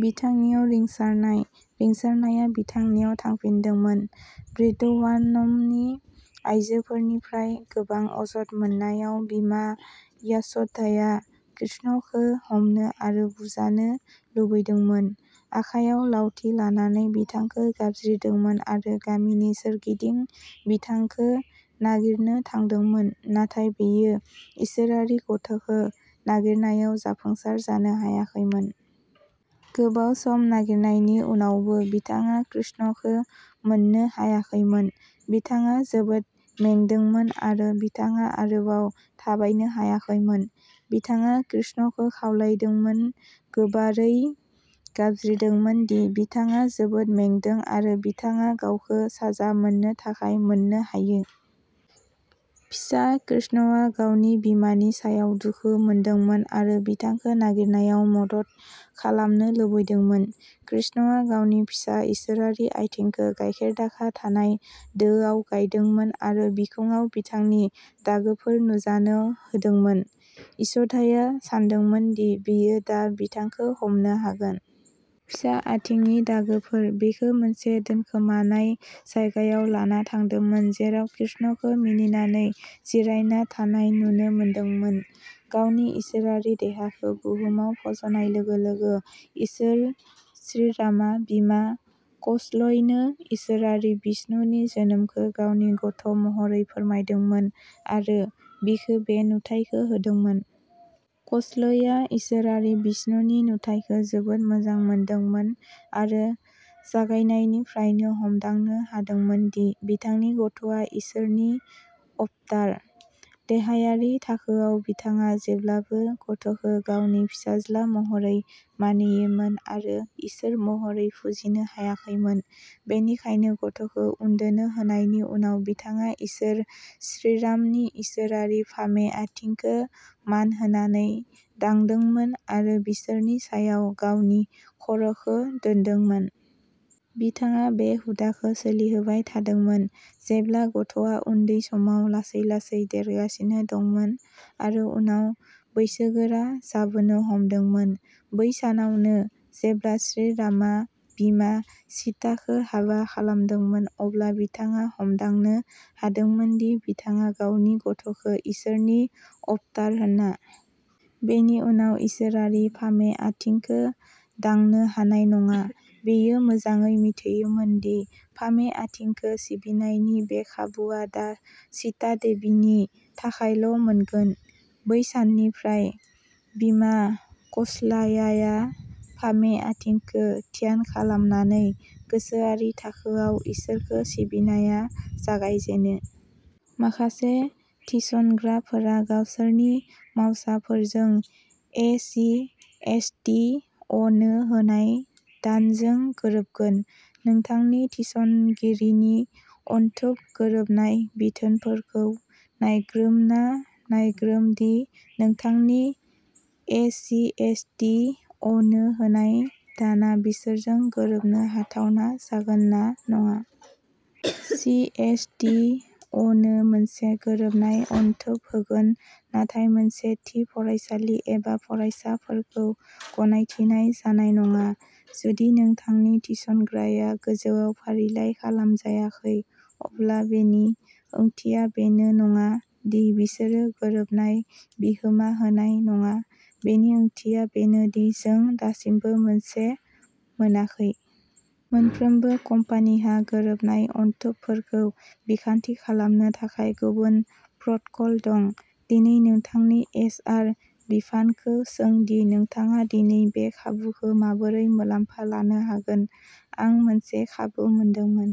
बिथांनियाव रिंसारनाय। रिंसारनाया बिथांनियाव थांफिनदोंमोन। ब्रिडवानमनि आइजोफोरनिफ्राय गोबां अजद मोननायाव बिमा यास'धाया कृष्णखौ हमनो आरो बुजानो लुबैदोंमोन। आखायाव लावथि लानानै बिथांखौ गाबज्रिदोंमोन आरो गामिनि सोरगिदिं बिथांखौ नागिरनो थांदोंमोन। नाथाय बियो इसोरारि गथ'खौ नागिरनायाव जाफुंसार जानो हायाखैमोन। गोबाव सम नागिरनायनि उनावबो बिथाङा कृष्णखौ मोननो हायाखैमोन। बिथाङा जोबोद मेंदोंमोन आरो बिथाङा आरोबाव थाबायनो हायाखैमोन। बिथाङा कृष्णखौ खावलायदोंमोन, गोबारै गाबज्रिदोंमोन दि बिथाङा जोबोद मेंदों आरो बिथाङा गावखौ साजा मोननो थाखाय मोननो हायो। फिसा कृष्णआ गावनि बिमानि सायाव दुखु मोनदोंमोन आरो बिथांखौ नागिरनायाव मदद खालामनो लुबैदोंमोन। कृष्णआ गावनि फिसा इसोरारि आथिंखौ गाइखेरदाखा थानाय दोआव गायदोंमोन आरो बिखुंआव बिथांनि दागोफोर नुजानो होदोंमोन। यश'धाया सानदोंमोन दि बियो दा बिथांखौ हमनो हागोन। फिसा आथिंनि दागोफोर, बिखौ मोनसे दोनखोमानाय जायगायाव लाना थांदोंमोन जेराव कृष्णखौ मिनिनानै जिरायना थानाय नुनो मोनदोंमोन। गावनि इसोरारि देहाखौ बुहुमाव फज'नाय लोगो लोगो इसोर श्रीरामआ बिमा कौसल्यनो इसोरारि बिष्णुनि जोनोमखौ गावनि गथ' महरै फोरमायदोंमोन आरो बिखौ बे नुथायखौ होदोंमोन। कौसल्यआ इसोरारि बिष्णुनि नुथायखौ जोबोद मोजां मोनदोंमोन आरो जागायनायनिफ्रायनो हमदांनो हादोंमोन दि बिथांनि गथ'आ इसोरनि अवतार। देहायारि थाखोआव बिथाङा जेब्लाबो गथ'खौ गावनि फिसाज्ला महरै मानियोमोन आरो इसोर महरै फुजिनो हायाखैमोन। बेनिखायनो गथ'खौ उन्दुनो होनायनि उनाव बिथाङा इसोर श्रीरामनि इसोरारि फामे आथिंखौ मान होनानै दांदोंमोन आरो बिसोरनि सायाव गावनि खर'खौ दोनदोंमोन। बिथाङा बे हुदाखौ सोलिहोबाय थादोंमोन, जेब्ला गथ'आ उन्दै समाव लासै लासै देरगासिनो दंमोन आरो उनाव बैसोगोरा जाबोनो हमदोंमोन। बै सानावनो जेब्ला श्रीरामआ बिमा सीताखौ हाबा खालामदोंमोन, अब्ला बिथाङा हमदांनो हादोंमोन दि बिथाङा गावनि गथ'खौ इसोरनि अबतार होनना। बेनि उनाव इसोरारि फामे आथिंखौ दांनो हानाय नङा। बियो मोजाङै मिथियोमोन दि फामे आथिंखौ सिबिनायनि बे खाबुआ दा सीता देवीनि थाखायल' मोनगोन। बै साननिफ्राय बिमा कौसल्याया फामे आथिंखौ ध्यान खालामनानै गोसोआरि थाखोआव इसोरखौ सिबिनाया जागायजेनो। माखासे थिसनग्राफोरा गावसोरनि मावसाफोरजों ए C S T a no होनाय दानजों गोरोबगोन। नोंथांनि थिसनगिरिनि अनथोब गोरोबनाय बिथोनफोरखौ नायग्रोमना नायग्रोम दि नोंथांनि ए C S T a no होनाय दानआ बिसोरजों गोरोबनो हाथावना जागोन ना नङा। C S T a no मोनसे गोरोबनाय अनथोब होगोन, नाथाय मोनसे थि फरायसालि एबा फरायसाफोरखौ गनायथिनाय जानाय नङा। जुदि नोंथांनि थिसनग्राया गोजौआव फारिलाइ खालामजायाखै, अब्ला बेनि ओंथिया बेनो नङा दि बिसोरो गोरोबनाय बिहोमा होनाय नङा बेनि ओंथिया बेनो दि जों दासिमबो मोनसे मोनाखै। मोनफ्रोमबो कम्पानिहा गोरोबनाय अनथोबफोरखौ बिखान्थि खालामनो थाखाय गुबुन प्रट'कल दं। दिनै नोंथांनि एच आर बिफानखौ सों दि नोंथाङा दिनै बे खाबुखौ माबोरै मुलाम्फा लानो हागोन। आं मोनसे खाबु मोनदोंमोन।